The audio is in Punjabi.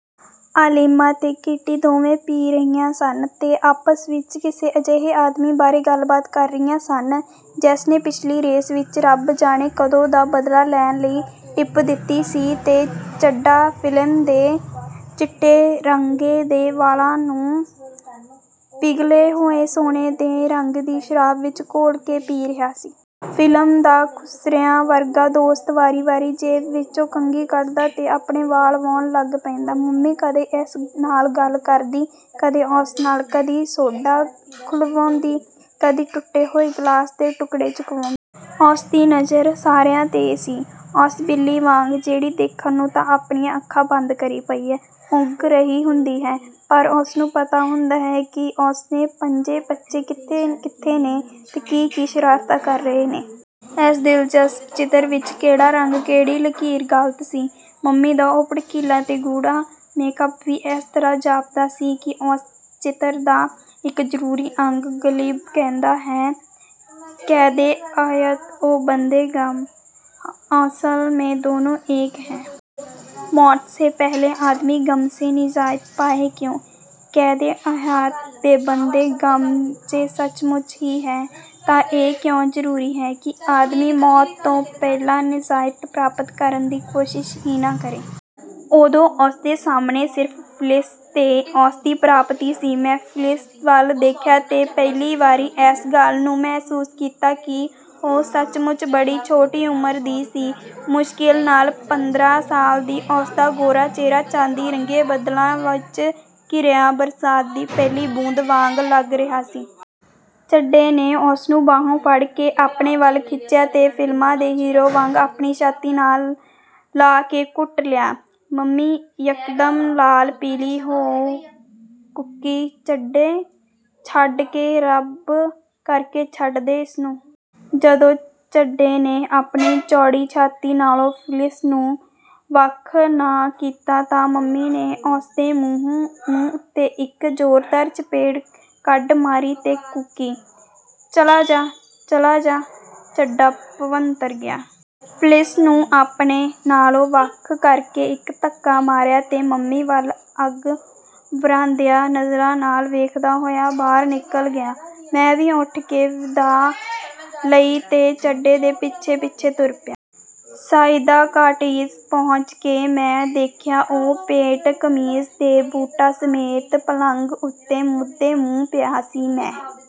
ਐਲੀਮਾ ਤੇ ਕਿਟੀ ਦੋਵੇਂ ਪੀ ਰਹੀਆਂ ਸਨ ਤੇ ਆਪਸ ਵਿਚ ਕਿਸੇ ਅਜਿਹੇ ਆਦਮੀ ਬਾਰੇ ਗੱਲਬਾਤ ਕਰ ਰਹੀਆਂ ਸਨ, ਜਿਸਨੇ ਪਿੱਛਲੀ ਰੇਸ ਵਿਚ ਰੱਬ ਜਾਣੇ ਕਦੋਂ ਦਾ ਬਦਲਾ ਲੈਣ ਲਈ ਟਿੱਪ ਦਿੱਤੀ ਸੀ। ਤੇ ਚੱਡਾ ਫਿਲਿਸ ਦੇ ਚਿਟੇ ਰੰਗੇ ਦੇ ਵਾਲਾਂ ਨੂੰ ਪਿਘਲੇ ਹੋਏ ਸੋਨੇ ਦੇ ਰੰਗ ਦੀ ਸ਼ਰਾਬ ਵਿਚ ਘੋਲ ਕੇ ਪੀ ਰਿਹਾ ਸੀ। ਫਿਲਿਮ ਦਾ ਖੁਸਰਿਆਂ ਵਰਗਾ ਦੋਸਤ ਵਾਰੀ-ਵਾਰੀ ਜੇਬ ਵਿਚੋਂ ਕੰਘੀ ਕੱਢਦਾ ਤੇ ਆਪਣੇ ਵਾਲ ਵਾਹੁਣ ਲੱਗ ਪੈਂਦਾ। ਮੰਮੀ ਕਦੀ ਇਸ ਨਾਲ ਗੱਲ ਕਰਦੀ, ਕਦੀ ਉਸ ਨਾਲ; ਕਦੀ ਸੋਢਾ ਖੁਲਵਾਉਂਦੀ, ਕਦੀ ਟੁੱਟੇ ਹੋਏ ਗਲਾਸ ਦੇ ਟੁਕੜੇ ਚੁਕਵਾਉਂਦੀ। ਉਸਦੀ ਨਜ਼ਰ ਸਾਰਿਆਂ 'ਤੇ ਸੀ, ਉਸ ਬਿੱਲੀ ਵਾਂਗ, ਜਿਹੜੀ ਦੇਖਣ ਨੂੰ ਤਾਂ ਆਪਣੀਆਂ ਅੱਖਾਂ ਬੰਦ ਕਰੀ ਪਈ ਊਂਘ ਰਹੀ ਹੁੰਦੀ ਹੈ, ਪਰ ਉਸਨੂੰ ਪਤਾ ਹੁੰਦਾ ਹੈ ਕਿ ਉਸਦੇ ਪੰਜੇ ਬੱਚੇ ਕਿੱਥੇ-ਕਿੱਥੇ ਨੇ ਤੇ ਕੀ-ਕੀ ਸ਼ਰਾਰਤਾਂ ਕਰ ਰਹੇ ਨੇ। ਇਸ ਦਿਲਚਸਪ ਚਿੱਤਰ ਵਿਚ ਕਿਹੜਾ ਰੰਗ, ਕਿਹੜੀ ਲਕੀਰ ਗ਼ਲਤ ਸੀ? ਮੰਮੀ ਦਾ ਉਹ ਭੜਕੀਲਾ ਤੇ ਗੂੜ੍ਹਾ ਮੇਕਅੱਪ ਵੀ ਇਸ ਤਰ੍ਹਾਂ ਜਾਪਦਾ ਸੀ ਕਿ ਉਸ ਚਿੱਤਰ ਦਾ ਇਕ ਜ਼ਰੂਰੀ ਅੰਗ ਹੈ। ਗ਼ਲਿਬ ਕਹਿੰਦਾ ਹੈ:- 'ਕੈਦੇ-ਹਯਾਤ-ਓ-ਬੰਦੇ ਗ਼ਮ, ਅਸਲ ਮੇਂ ਦੋਨੋਂ ਏਕ ਹੈਂ। ਮੌਤ ਸੇ ਪਹਿਲੇ ਆਦਮੀ ਗ਼ਮ ਸੇ ਨਿਜਾਤ ਪਾਏ ਕਿਉਂ? ' ਕੈਦੇ-ਹਯਾਤ ਤੇ ਬੰਦੇ-ਗ਼ਮ ਜੇ ਸੱਚਮੁੱਚ ਹੀ ਹੈ ਤਾਂ ਇਹ ਕਿਉਂ ਜ਼ਰੂਰੀ ਹੈ ਕਿ ਆਦਮੀ ਮੌਤ ਤੋਂ ਪਹਿਲਾਂ ਨਿਜਾਤ ਪ੍ਰਾਪਤ ਕਰਨ ਦੀ ਕੋਸ਼ਿਸ਼ ਹੀ ਨਾ ਕਰੇ? ਉਦੋਂ ਉਸਦੇ ਸਾਹਮਣੇ ਸਿਰਫ ਫਿਲਿਸ ਤੇ ਉਸਦੀ ਪ੍ਰਾਪਤੀ ਸੀ। ਮੈਂ ਫਿਲਿਸ ਵੱਲ ਦੇਖਿਆ ਤੇ ਪਹਿਲੀ ਵਾਰੀ ਇਸ ਗੱਲ ਨੂੰ ਮਹਿਸੂਸ ਕੀਤਾ ਕਿ ਉਹ ਸੱਚਮੁੱਚ ਬੜੀ ਛੋਟੀ ਉਮਰ ਦੀ ਸੀ, ਮੁਸ਼ਕਿਲ ਨਾਲ ਪੰਦਰਾਂ ਸਾਲ ਦੀ, ਉਸਦਾ ਗੋਰਾ ਚਿਹਰਾ, ਚਾਂਦੀ ਰੰਗੇ ਬੱਦਲਾਂ ਵਿਚ ਘਿਰਿਆ, ਬਰਸਾਤ ਦੀ ਪਹਿਲੀ ਬੂੰਦ ਵਾਂਗ ਲਗ ਰਿਹਾ ਸੀ। ਚੱਡੇ ਨੇ ਉਸਨੂੰ ਬਾਹੋਂ ਫੜ੍ਹ ਕੇ ਆਪਣੇ ਵੱਲ ਖਿੱਚਿਆ ਤੇ ਫ਼ਿਲਮਾਂ ਦੇ ਹੀਰੋ ਵਾਂਗ ਆਪਣੀ ਛਾਤੀ ਨਾਲ ਲਾ ਕੇ ਘੁੱਟ ਲਿਆ। ਮੰਮੀ ਯਕਦਮ ਲਾਲ-ਪੀਲੀ ਹੋ ਕੇ ਕੂਕੀ, "ਚੱਡੇ ਛੱਡ ਦੇ ਰਬ ਕਰਕੇ ਛੱਡ ਕੇ ਇਸਨੂੰ! " ਜਦੋਂ ਚੱਡੇ ਨੇ ਆਪਣੀ ਚੌੜੀ ਛਾਤੀ ਨਾਲੋਂ ਫਿਲਿਸ ਨੂੰ ਵੱਖ ਨਾ ਕੀਤਾ ਤਾਂ ਮੰਮੀ ਨੇ ਉਸਦੇ ਮੂੰਹ ਉੱਤੇ ਇਕ ਜ਼ੋਰਦਾਰ ਚਪੇੜ ਕੱਢ ਮਾਰੀ ਤੇ ਕੂਕੀ, "ਚਲਾ ਜਾ, ਚਲਾ ਜਾ" ਚੱਡਾ ਭਵੰਤਰ ਗਿਆ। ਫਿਲਿਸ ਨੂੰ ਆਪਣੇ ਨਾਲੋਂ ਵੱਖ ਕਰਕੇ ਇਕ ਧੱਕਾ ਮਾਰਿਆ ਤੇ ਮੰਮੀ ਵੱਲ ਅੱਗ ਵਰ੍ਹਾਂਦੀਆਂ ਨਜ਼ਰਾਂ ਨਾਲ ਵੇਖਦਾ ਹੋਇਆ ਬਾਹਰ ਨਿਕਲ ਗਿਆ। ਮੈਂ ਵੀ ਉਠ ਕੇ ਵਿਦਾਅ ਲਈ ਤੇ ਚੱਡੇ ਦੇ ਪਿੱਛੇ-ਪਿੱਛੇ ਤੁਰ ਪਿਆ। ਸਈਦਾ ਕਾਟੇਜ ਪਹੁੰਚ ਕੇ ਮੈਂ ਦੇਖਿਆ ਉਹ ਪੈਂਟ, ਕਮੀਜ਼ ਤੇ ਬੂਟਾਂ ਸਮੇਤ, ਪਲੰਘ ਉੱਤੇ, ਮੂਧੇ- ਮੁੰਹ ਪਿਆ ਸੀ। ਮੈਂ